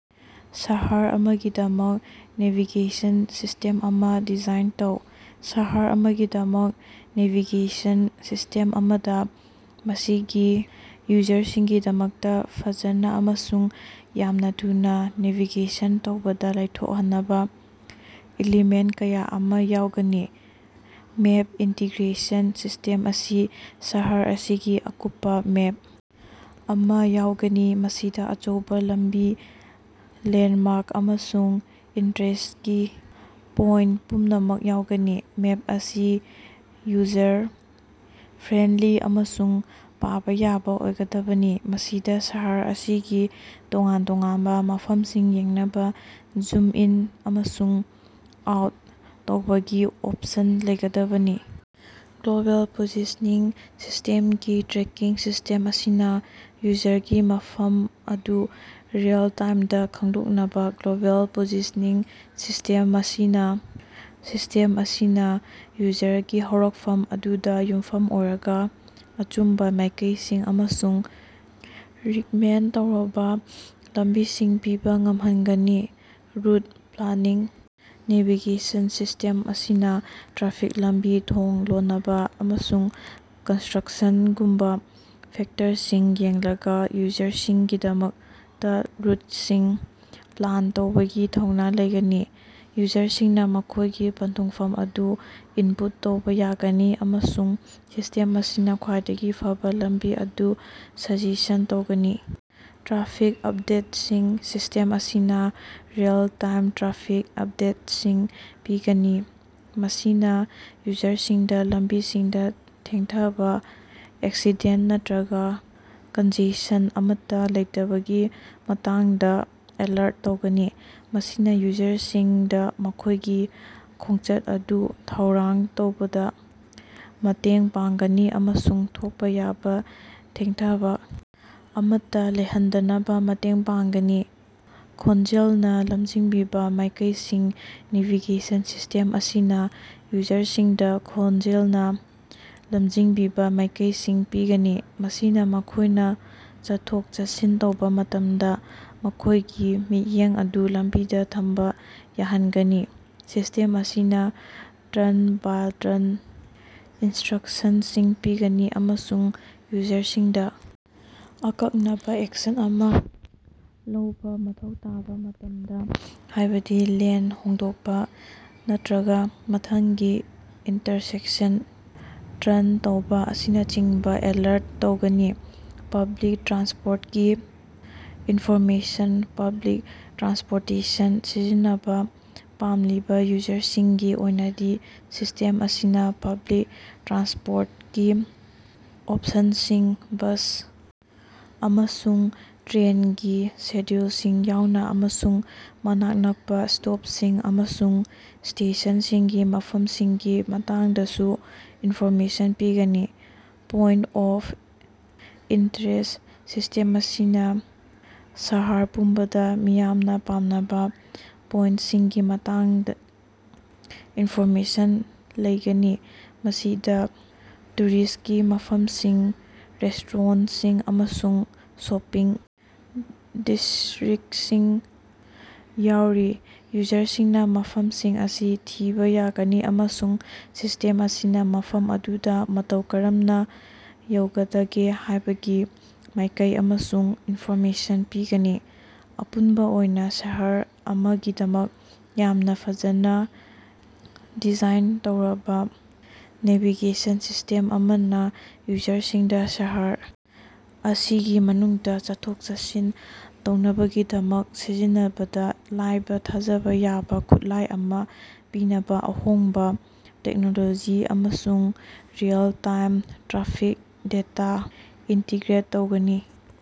ꯁꯍꯔ ꯑꯃꯒꯤꯗꯃꯛ navigation system ꯑꯃ ꯗꯤꯖꯥꯏꯟ ꯇꯧ꯫ ꯁꯍꯔ ꯑꯃꯒꯤꯗꯃꯛ ꯅꯦꯚꯤꯒꯦꯁꯟ ꯁꯤꯁ꯭ꯇꯦꯝ ꯑꯃꯗ ꯃꯁꯤꯒꯤ ꯌꯨꯖꯔꯁꯤꯡꯒꯤꯗꯃꯛꯇ ꯐꯖꯅ ꯑꯃꯁꯨꯡ ꯌꯥꯝꯅ ꯊꯨꯅ ꯅꯦꯚꯤꯒꯦꯁꯟ ꯇꯧꯕꯗ ꯂꯥꯏꯊꯣꯛꯍꯟꯅꯕ ꯏꯂꯤꯃꯦꯟꯇ ꯀꯌꯥ ꯑꯃ ꯌꯥꯎꯒꯅꯤ꯫ ꯃꯦꯞ ꯏꯟꯇꯤꯒ꯭ꯔꯦꯁꯟ ꯁꯤꯁ꯭ꯇꯦꯝ ꯑꯁꯤ ꯁꯍꯔ ꯑꯁꯤꯒꯤ ꯑꯀꯨꯞꯄ ꯃꯦꯞ ꯑꯃ ꯌꯥꯎꯒꯅꯤ꯫ ꯃꯁꯤꯗ ꯑꯆꯧꯕ ꯂꯝꯕꯤ, ꯂꯦꯟꯗꯃꯥꯔꯛ, ꯑꯃꯁꯨꯡ ꯏꯟꯇꯔꯦꯁ꯭ꯇꯀꯤ ꯄꯣꯏꯟꯇ ꯄꯨꯝꯅꯃꯛ ꯌꯥꯎꯒꯅꯤ꯫ ꯃꯦꯞ ꯑꯁꯤ ꯌꯨꯖꯔ ꯐ꯭ꯔꯦꯟꯗꯂꯤ ꯑꯃꯁꯨꯡ ꯄꯥꯕ ꯌꯥꯕ ꯑꯣꯏꯒꯗꯕꯅꯤ, ꯃꯁꯤꯗ ꯁꯍꯔ ꯑꯁꯤꯒꯤ ꯇꯣꯉꯥꯟ ꯇꯣꯉꯥꯟꯕ ꯃꯐꯝꯁꯤꯡ ꯌꯦꯡꯅꯕ ꯖꯨꯝ ꯏꯟ ꯑꯃꯁꯨꯡ ꯑꯥꯎꯠ ꯇꯧꯕꯒꯤ ꯑꯣꯞꯁꯟ ꯂꯩꯒꯗꯕꯅꯤ꯫ ꯒ꯭ꯂꯣꯕꯦꯜ ꯄꯣꯖꯤꯁꯅꯤꯡ ꯁꯤꯁꯇꯦꯝꯀꯤ ꯇ꯭ꯔꯦꯀꯤꯡ ꯁꯤꯁ꯭ꯇꯦꯝ ꯑꯁꯤꯅ ꯌꯨꯖꯔꯒꯤ ꯃꯐꯝ ꯑꯗꯨ ꯔꯤꯑꯦꯜ ꯇꯥꯏꯃꯗ ꯈꯪꯗꯣꯛꯅꯕ ꯒ꯭ꯂꯣꯕꯦꯜ ꯄꯣꯖꯤꯁꯅꯤꯡ ꯁꯤꯁꯇꯦꯝ ꯃꯁꯤꯅ ꯁꯤꯁ꯭ꯇꯦꯝ ꯑꯁꯤꯅ ꯌꯨꯖꯔꯒꯤ ꯍꯧꯔꯛꯐꯝ ꯑꯗꯨꯗ ꯌꯨꯝꯐꯝ ꯑꯣꯏꯔꯒ ꯑꯆꯨꯝꯕ ꯃꯥꯏꯀꯩꯁꯤꯡ ꯑꯃꯁꯨꯡ ꯔꯤꯛꯃꯦꯟꯗ ꯇꯧꯔꯕ ꯂꯝꯕꯤꯁꯤꯡ ꯄꯤꯕꯥ ꯉꯝꯍꯟꯒꯅꯤ꯫ ꯔꯨꯠ ꯄ꯭ꯂꯥꯅꯤꯡ ꯅꯦꯚꯤꯒꯦꯁꯟ ꯁꯤꯁ꯭ꯇꯦꯝ ꯑꯁꯤꯅꯥ ꯇ꯭ꯔꯥꯐꯤꯛ, ꯂꯝꯕꯤ ꯊꯣꯡ ꯂꯣꯅꯕ ꯑꯃꯁꯨꯡ ꯀꯟꯁꯇꯔꯛꯁꯟꯒꯨꯝꯕ ꯐꯦꯛꯇꯔꯁꯤꯡ ꯌꯦꯡꯂꯒ ꯌꯨꯖꯔꯁꯤꯡꯒꯤꯗꯃꯛꯇ ꯔꯨꯠꯁꯤꯡ ꯄ꯭ꯂꯥꯟ ꯇꯧꯕꯒꯤ ꯊꯧꯅ ꯂꯩꯒꯅꯤ꯫ ꯌꯨꯖꯔꯁꯤꯡꯅ ꯃꯈꯣꯏꯒꯤ ꯄꯟꯊꯨꯡꯐꯝ ꯑꯗꯨ ꯏꯟꯄꯨꯠ ꯇꯧꯕ ꯌꯥꯒꯅꯤ ꯑꯃꯁꯨꯡ ꯁꯤꯁ꯭ꯇꯦꯝ ꯑꯁꯤꯅ ꯈ꯭ꯋꯥꯏꯗꯒꯤ ꯐꯕ ꯂꯝꯕꯤ ꯑꯗꯨ ꯁꯖꯦꯁꯟ ꯇꯧꯒꯅꯤ꯫ ꯇ꯭ꯔꯥꯐꯤꯛ ꯑꯞꯗꯦꯠꯁꯤꯡ ꯁꯤꯁ꯭ꯇꯦꯝ ꯑꯁꯤꯅꯥ ꯔꯤꯑꯦꯜ-ꯇꯥꯏꯃ ꯇ꯭ꯔꯥꯐꯤꯛ ꯑꯞꯗꯦꯠꯁꯤꯡ ꯄꯤꯒꯅꯤ, ꯃꯁꯤꯅ ꯌꯨꯖꯔꯁꯤꯡꯗ ꯂꯝꯕꯤꯁꯤꯡꯗ ꯊꯦꯡꯊꯕ, ꯑꯦꯛꯁꯤꯗꯦꯟꯇ ꯅꯠꯇꯔꯒ ꯀꯟꯖꯦꯁꯟ ꯑꯃꯠꯇ ꯂꯩꯇꯕꯒꯤ ꯃꯇꯥꯡꯗ ꯑꯦꯂꯔꯠ ꯇꯧꯒꯅꯤ꯫ ꯃꯁꯤꯅ ꯌꯨꯖꯔꯁꯤꯡꯗ ꯃꯈꯣꯏꯒꯤ ꯈꯣꯡꯆꯠ ꯑꯗꯨ ꯊꯧꯔꯥꯡ ꯇꯧꯕꯗ ꯃꯇꯦꯡ ꯄꯥꯡꯒꯅꯤ ꯑꯃꯁꯨꯡ ꯊꯣꯛꯄ ꯌꯥꯕ ꯊꯦꯡꯊꯕ ꯑꯃꯠꯇ ꯂꯩꯍꯟꯗꯅꯕ ꯃꯇꯦꯡ ꯄꯥꯡꯒꯅꯤ꯫ ꯈꯣꯟꯖꯦꯜꯅ ꯂꯝꯖꯤꯡꯕꯤꯕ ꯃꯥꯏꯀꯩꯁꯤꯡ ꯅꯦꯚꯤꯒꯦꯁꯟ ꯁꯤꯁ꯭ꯇꯦꯝ ꯑꯁꯤꯅ ꯌꯨꯖꯔꯁꯤꯡꯗ ꯈꯣꯟꯖꯦꯜꯅ ꯂꯝꯖꯤꯡꯕꯤꯕ ꯃꯥꯏꯀꯩꯁꯤꯡ ꯄꯤꯒꯅꯤ, ꯃꯁꯤꯅ ꯃꯈꯣꯏꯅ ꯆꯠꯊꯣꯛ-ꯆꯠꯁꯤꯟ ꯇꯧꯕ ꯃꯇꯝꯗ ꯃꯈꯣꯏꯒꯤ ꯃꯤꯠꯌꯦꯡ ꯑꯗꯨ ꯂꯝꯕꯤꯗ ꯊꯝꯕ ꯌꯥꯍꯟꯒꯅꯤ꯫ ꯁꯤꯁ꯭ꯇꯦꯝ ꯑꯁꯤꯅ ꯇꯔꯟ-ꯕꯥꯏ-ꯇꯔꯟ ꯏꯟꯁꯇꯔꯛꯁꯟꯁꯤꯡ ꯄꯤꯒꯅꯤ ꯑꯃꯁꯨꯡ ꯌꯨꯖꯔꯁꯤꯡꯗ ꯑꯀꯛꯅꯕ ꯑꯦꯛꯁꯟ ꯑꯃ ꯂꯧꯕꯥ ꯃꯊꯧ ꯇꯥꯕ ꯃꯇꯝꯗ ꯍꯥꯏꯕꯗꯤ ꯂꯦꯟ ꯍꯣꯡꯗꯣꯛꯄ ꯅꯠꯇꯔꯒ ꯃꯊꯪꯒꯤ ꯏꯟꯇꯔꯁꯦꯛꯁꯟꯗ ꯇꯔꯟ ꯇꯧꯕ ꯑꯁꯤꯅꯆꯤꯡꯕ ꯑꯦꯂꯔꯠ ꯇꯧꯒꯅꯤ꯫ ꯄꯕ꯭ꯂꯤꯛ ꯇ꯭ꯔꯥꯟꯁꯄꯣꯔꯇꯀꯤ ꯏꯟꯐꯣꯔꯃꯦꯁꯟ ꯄꯕ꯭ꯂꯤꯛ ꯇ꯭ꯔꯥꯟꯁꯄꯣꯔꯇꯦꯁꯟ ꯁꯤꯖꯤꯟꯅꯕ ꯄꯥꯝꯂꯤꯕ ꯌꯨꯖꯔꯁꯤꯡꯒꯤ ꯑꯣꯏꯅꯗꯤ ꯁꯤꯁ꯭ꯇꯦꯝ ꯑꯁꯤꯅ ꯄꯕ꯭ꯂꯤꯛ ꯇ꯭ꯔꯥꯟꯁꯄꯣꯔꯇꯀꯤ ꯑꯣꯞꯁꯟꯁꯤꯡ, ꯕꯁ ꯑꯃꯁꯨꯡ ꯇ꯭ꯔꯦꯅꯒꯤ ꯁꯦꯗ꯭ꯌꯨꯜꯁꯤꯡ ꯌꯥꯎꯅ, ꯑꯃꯁꯨꯡ ꯃꯅꯥꯛ ꯅꯛꯄ ꯁ꯭ꯇꯣꯞꯁꯤꯡ ꯑꯃꯁꯨꯡ ꯁ꯭ꯇꯦꯁꯟꯁꯤꯡꯒꯤ ꯃꯐꯝꯁꯤꯡꯒꯤ ꯃꯇꯥꯡꯗꯁꯨ ꯏꯟꯐꯣꯔꯃꯦꯁꯟ ꯄꯤꯒꯅꯤ꯫ ꯄꯣꯏꯟꯇ ꯑꯣꯐ ꯏꯟꯇꯔꯦꯁ꯭ꯠ ꯁꯤꯁ꯭ꯇꯦꯝ ꯑꯁꯤꯅ ꯁꯍꯔ ꯄꯨꯝꯕꯗ ꯃꯤꯌꯥꯝꯅ ꯄꯥꯝꯅꯕ ꯄꯣꯏꯟꯁꯤꯡꯒꯤ ꯃꯇꯥꯡꯗ ꯏꯟꯐꯣꯔꯃꯦꯁꯟ ꯂꯩꯒꯅꯤ, ꯃꯁꯤꯗꯥ ꯇꯨꯔꯤꯁ꯭ꯇꯀꯤ ꯃꯐꯝꯁꯤꯡ, ꯔꯦꯁ꯭ꯄꯣꯁꯤꯡ ꯑꯃꯁꯨꯡ ꯁꯣꯄꯤꯡ ꯗꯤꯁ꯭ꯠꯔꯤꯛꯇꯁꯤꯡ ꯌꯥꯎꯔꯤ꯫ ꯌꯨꯖꯔꯁꯤꯡꯅꯥ ꯃꯐꯝꯁꯤꯡ ꯑꯁꯤ ꯊꯤꯕ ꯌꯥꯒꯅꯤ ꯑꯃꯁꯨꯡ ꯁꯤꯁ꯭ꯇꯦꯝ ꯑꯁꯤꯅ ꯃꯐꯝ ꯑꯗꯨꯗ ꯃꯇꯧ ꯀꯔꯝꯅꯥ ꯌꯧꯒꯗꯒꯦ ꯍꯥꯏꯕꯒꯤ ꯃꯥꯏꯀꯩ ꯑꯃꯁꯨꯡ ꯏꯟꯐꯣꯔꯃꯦꯁꯟ ꯄꯤꯒꯅꯤ꯫ ꯑꯄꯨꯟꯕ ꯑꯣꯏꯅꯥ ꯁꯍꯔ ꯑꯃꯒꯤꯗꯃꯛ ꯌꯥꯝꯅ ꯐꯖꯅ ꯗꯤꯖꯥꯏꯟ ꯇꯧꯔꯕꯥ ꯅꯦꯚꯤꯒꯦꯁꯟ ꯁꯤꯁ꯭ꯇꯦꯝ ꯑꯃꯅ ꯌꯨꯖꯔꯁꯤꯡꯗ ꯁꯍꯔ ꯑꯁꯤꯒꯤ ꯃꯅꯨꯡꯗ ꯆꯠꯊꯣꯛ-ꯆꯠꯁꯤꯟ ꯇꯧꯅꯕꯒꯤꯗꯃꯛꯇ ꯁꯤꯖꯤꯟꯅꯕꯗ ꯂꯥꯏꯕ, ꯊꯥꯖꯕ ꯌꯥꯕ ꯈꯨꯠꯂꯥꯏ ꯑꯃ ꯄꯤꯅꯕ ꯑꯍꯣꯡꯕ ꯇꯦꯛꯅꯣꯂꯣꯖꯤ ꯑꯃꯁꯨꯡ ꯔꯤꯑꯦꯜ-ꯇꯥꯏꯝ ꯇ꯭ꯔꯥꯐꯤꯛ ꯗꯦꯇꯥ ꯏꯟꯇꯤꯒ꯭ꯔꯦꯠ ꯇꯧꯒꯅꯤ꯫